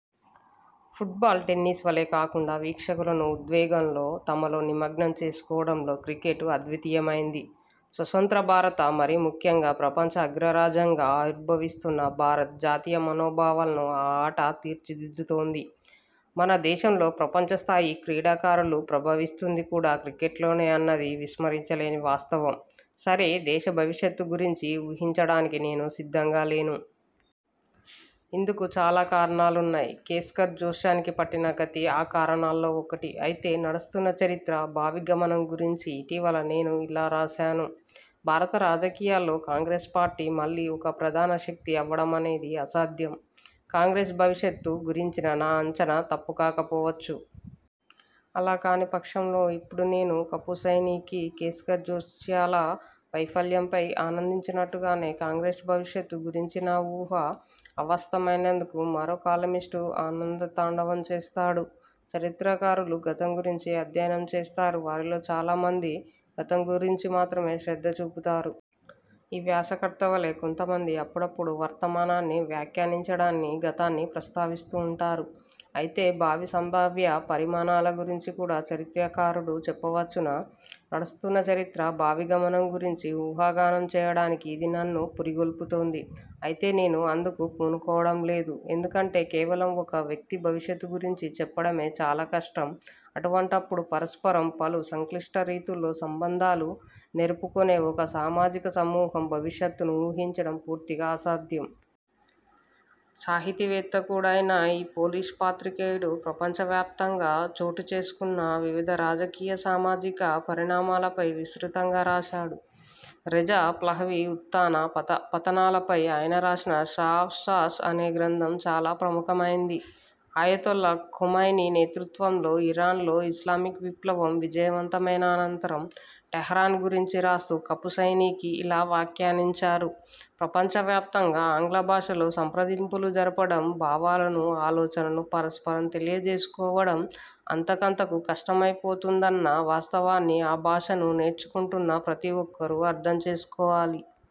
Football, tennis వలే కాకుండా వీక్షకులను ఉద్వేగంలో తనలో నిమగ్నం చేసుకోవడంలో క్రికెట్ అద్వితీయమైంది. స్వతంత్రభారత, మరీముఖ్యంగా ప్రపంచ అగ్రరాజ్యంగా ఆవర్భివిస్తున్న భారత్ జాతీయ మనోభావాలను ఆ ఆట తీర్చిదిద్దుతోంది. మన దేశంలో ప్రపంచస్థాయి క్రీడాకారులు ప్రభవిస్తుంది కూడా క్రికెట్లోనే అన్నది విస్మరించలేని వాస్తవం. సరే, దేశ భవిష్యత్తు గురించి ఊహించడానికి నేను సిద్ధంగా లేను. ఇందుకు చాలా కారణాలున్నాయి. కేస్కర్ జోస్యానికి పట్టిన గతి ఆ కారణాలలో ఒకటి. అయితే, నడుస్తున్న చరిత్ర భావి గమనం గురించి ఇటీవల నేను ఇలా రాశాను: 'భారతీయ రాజకీయాల్లో కాంగ్రెస్ పార్టీ మళ్ళీ ఒక ప్రధాన శక్తి అవ్వడమనేది అసాధ్యం. ' కాంగ్రెస్ భవిష్యత్తు గురించిన నా అంచనా తప్పుకాకపోవచ్చు. అలా కాని పక్షంలో, ఇప్పుడు నేను కపుసైనికి, కేస్కర్ జోస్యాల వైఫల్యంపై ఆనందించినట్టుగానే కాంగ్రెస్ భవిష్యత్తు గురించి నా ఊహ అవాస్తమయినందుకు మరో కాలమిస్టు ఆనంద తాండవం చేస్తాడు. చరిత్రకారులు గతం గురించి అధ్యయనం చేస్తారు. వారిలో చాలా మంది గతం గురించి మాత్రమే శ్రద్ధ చూపుతారు. ఈ వ్యాసకర్త వలే, కొంత మంది అప్పుడప్పుడూ వర్తమానాన్ని వ్యాఖ్యానించడాని గతాన్ని ప్రస్తావిస్తుంటారు. అయితే భావి సంభావ్య పరిణామాల గురించి కూడా చరిత్రకారుడు చెప్పవచ్చునా? నడుస్తున్నచరిత్ర భావి గమనం గురించి ఊహాగానం చేయడానికి ఇది నన్ను పురిగొల్పుతోంది. అయితే నేను అందుకు పూనుకోవడం లేదు. ఎందుకంటే కేవలం ఒక వ్యక్తి భవిష్యత్తు గురించి చెప్పడమే చాలా కష్టం; అటువంటప్పుడు పరస్పరం పలు సంక్లిష్ట రీతుల్లో సంబంధాలు నెరపుకొనే ఒక సామాజిక సమూహం భవిష్యత్తును ఊహించడం పూర్తిగా అసాధ్యం. సాహితీవేత్త కూడా అయిన ఈ పోలిష్ పాత్రికేయుడు ప్రపంచవ్యాప్తంగా చోటుచేసుకున్న వివిధ రాజకీయ, సామాజిక పరిణామాలపై విస్తృతంగా రాశాడు. రెజా పహ్లవి ఉత్థాన పతనాలపై ఆయన రాసిన 'షా ఆఫ్ షాస్' అనే గ్రంథం చాలా ప్రముఖమైంది. అయతొల్లా ఖొమైనీ నేతృత్వంలో ఇరాన్లో ఇస్లామిక్ విప్లవం విజయవంతమైన అనంతరం టెహ్రాన్ గురించి రాస్తూ కపుసైనీకి ఇలా వ్యాఖ్యానించారు: 'ప్రపంచవ్యాప్తంగా ఆంగ్ల భాషలో సంప్రదింపులు జరపడం, భావాలను, ఆలోచనలు పరస్పరం తెలియజేసుకోవడం అంతకంతకూ కష్టమైపోతుందన్న వాస్తవాన్ని ఆ భాషను నేర్చుకొంటున్న ప్రతి ఒక్కరూ అర్థం చేసుకోవాలి.